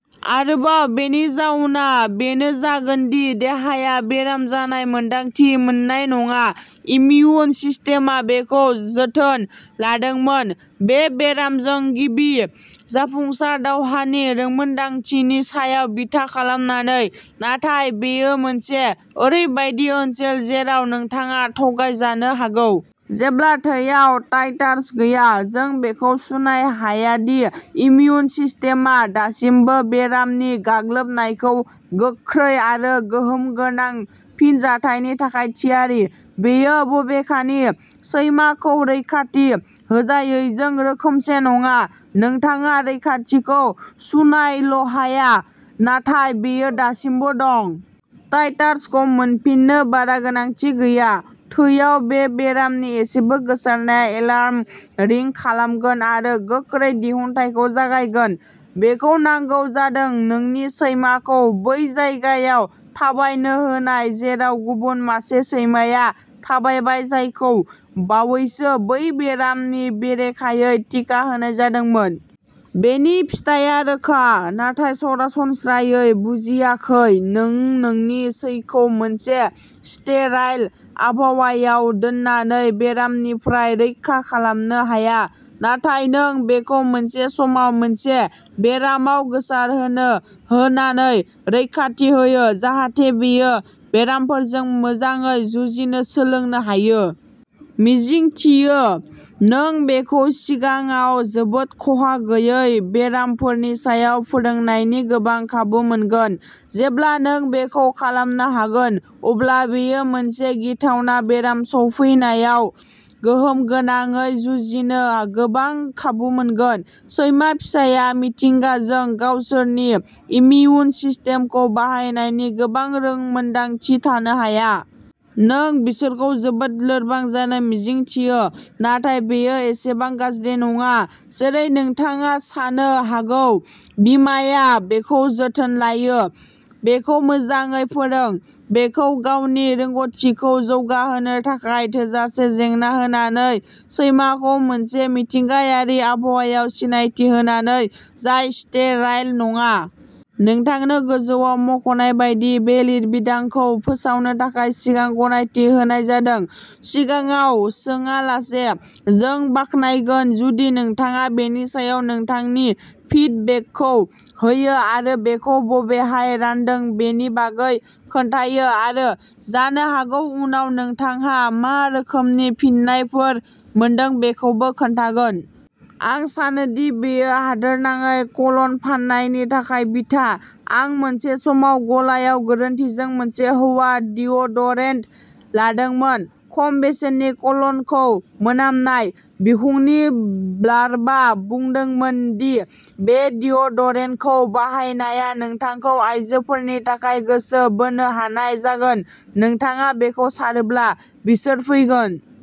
आरोबाव, बेनि जाउनआ बेनो जागोन दि देहाया बेराम जानाय मोन्दांथि मोननाय नङा। इम्युन सिस्टेमआ बेखौ जोथोन लादोंमोन, बे बेरामजों गिबि जाफुंसार दावहानि रोंमोनदांथिनि सायाव बिथा खालामनानै। नाथाय बेयो मोनसे ओरैबायदि ओनसोल जेराव नोंथाङा थगायजानो हागौ। जेब्ला थैयाव टाइटार्स गैया, जों बेखौ सुनाय हाया दि इम्युन सिस्टेमआ दासिमबो बेरामनि गाग्लोबनायखौ गोख्रै आरो गोहोम गोनां फिनजाथायनि थाखाय थियारि! बेयो, बबेखानि, सैमाखौ रैखाथि होजायैजों रोखोमसे नङा! नोंथाङा रैखाथिखौ सुनायल'हाया नाथाय बेयो दासिमबो दं। टाइटार्सखौ मोनफिन्नो बारा गोनांथि गैया। थैआव। बे बेरामनि एसेबो गोसारनाया एलार्म रिं खालामगोन आरो गोख्रै दिहुनथायखौ जागायगोन। बेखौ नांगौ जादों नोंनि सैमाखौ बै जायगायाव थाबायनो होनाय जेराव गुबुन मासे सैमाया थाबायबाय जायखौ बावैसो बै बेरामनि बेरेखायै टिका होनाय जादोंमोन। बेनि फिथाइया रोखा, नाथाय सरासनस्रायै बुजियाखैः नों नोंनि सैखौ मोनसे स्टेराइल आबहावायाव दोननानै बेरामनिफ्राय रैखा खालामनो हाया। नाथाय नों बेखौ मोनसे समाव मोनसे बेरामाव गोसारहोनो होनानै रैखाथि होयो, जाहाथे बेयो बेरामफोरजों मोजाङै जुजिनो सोलोंनो हायो। मिजिंथियो, नों बेखौ सिगाङाव जोबोद खहा गैयै बेरामफोरनि सायाव फोरोंनायनि गोबां खाबु मोनगोन। जेब्ला नों बेखौ खालामनो हागोन, अब्ला बेयो मोनसे गिथावना बेराम सौफैनायाव गोहोम गोनाङै जुजिनो गोबां खाबु मोनगोन। सैमा फिसाया, मिथिंगाजों, गावसोरनि इमिउन सिस्टेमखौ बाहायनायनि गोबां रोंमोनदांथि थानो हाया। नों बिसोरखौ जोबोद लोरबां जानो मिजिंथियो। नाथाय बेयो एसेबां गाज्रि नङा। जेरै नोंथाङा सानो हागौ-बिमाया बेखौ जोथोन लायो! बेखौ मोजाङै फोरों, बेखौ गावनि रोंग'थिखौ जौगाहोनो थाखाय थोजासे जेंना होनानै, सैमाखौ मोनसे मिथिंगायारि आबहावायाव सिनायथि होनानै, जाय स्टेराइल नङा। नोंथांनो गोजौआव मख'नाय बायदि बे लिरबिदांखौ फोसावनो थाखाय सिगां गनायथि होनाय जादों, सिगाङाव सोङालासे। जों बाख्नायगोन जुदि नोंथाङा बेनि सायाव नोंथांनि फिडबेकखौ होयो आरो बेखौ बबेहाय रानदों बेनि बागै खोन्थायो-आरो जानो हागौ उनाव नोंथांहा मा रोखोमनि फिननायफोर मोनदों बेखौबो खोन्थागोन। आं सानोदि बेयो हादोरनाङै क'लन फान्नायनि थाखाय बिथा। आं मोनसे समाव गलायाव गोरोन्थिजों मोनसे "हौवा" डिअ'डरेन्ट लादोंमोन। खम बेसेननि क'लनखौ मोनामनाय। बिखुंनि ब्लार्बआ बुंदोंमोन दि बे डिअ'डरेन्टखौ बाहायनाया नोंथांखौ आइजोफोरनि थाखाय गोसो बोनो हानाय जागोनः "नोंथाङा बेखौ सारोब्ला, बिसोर फैगोन।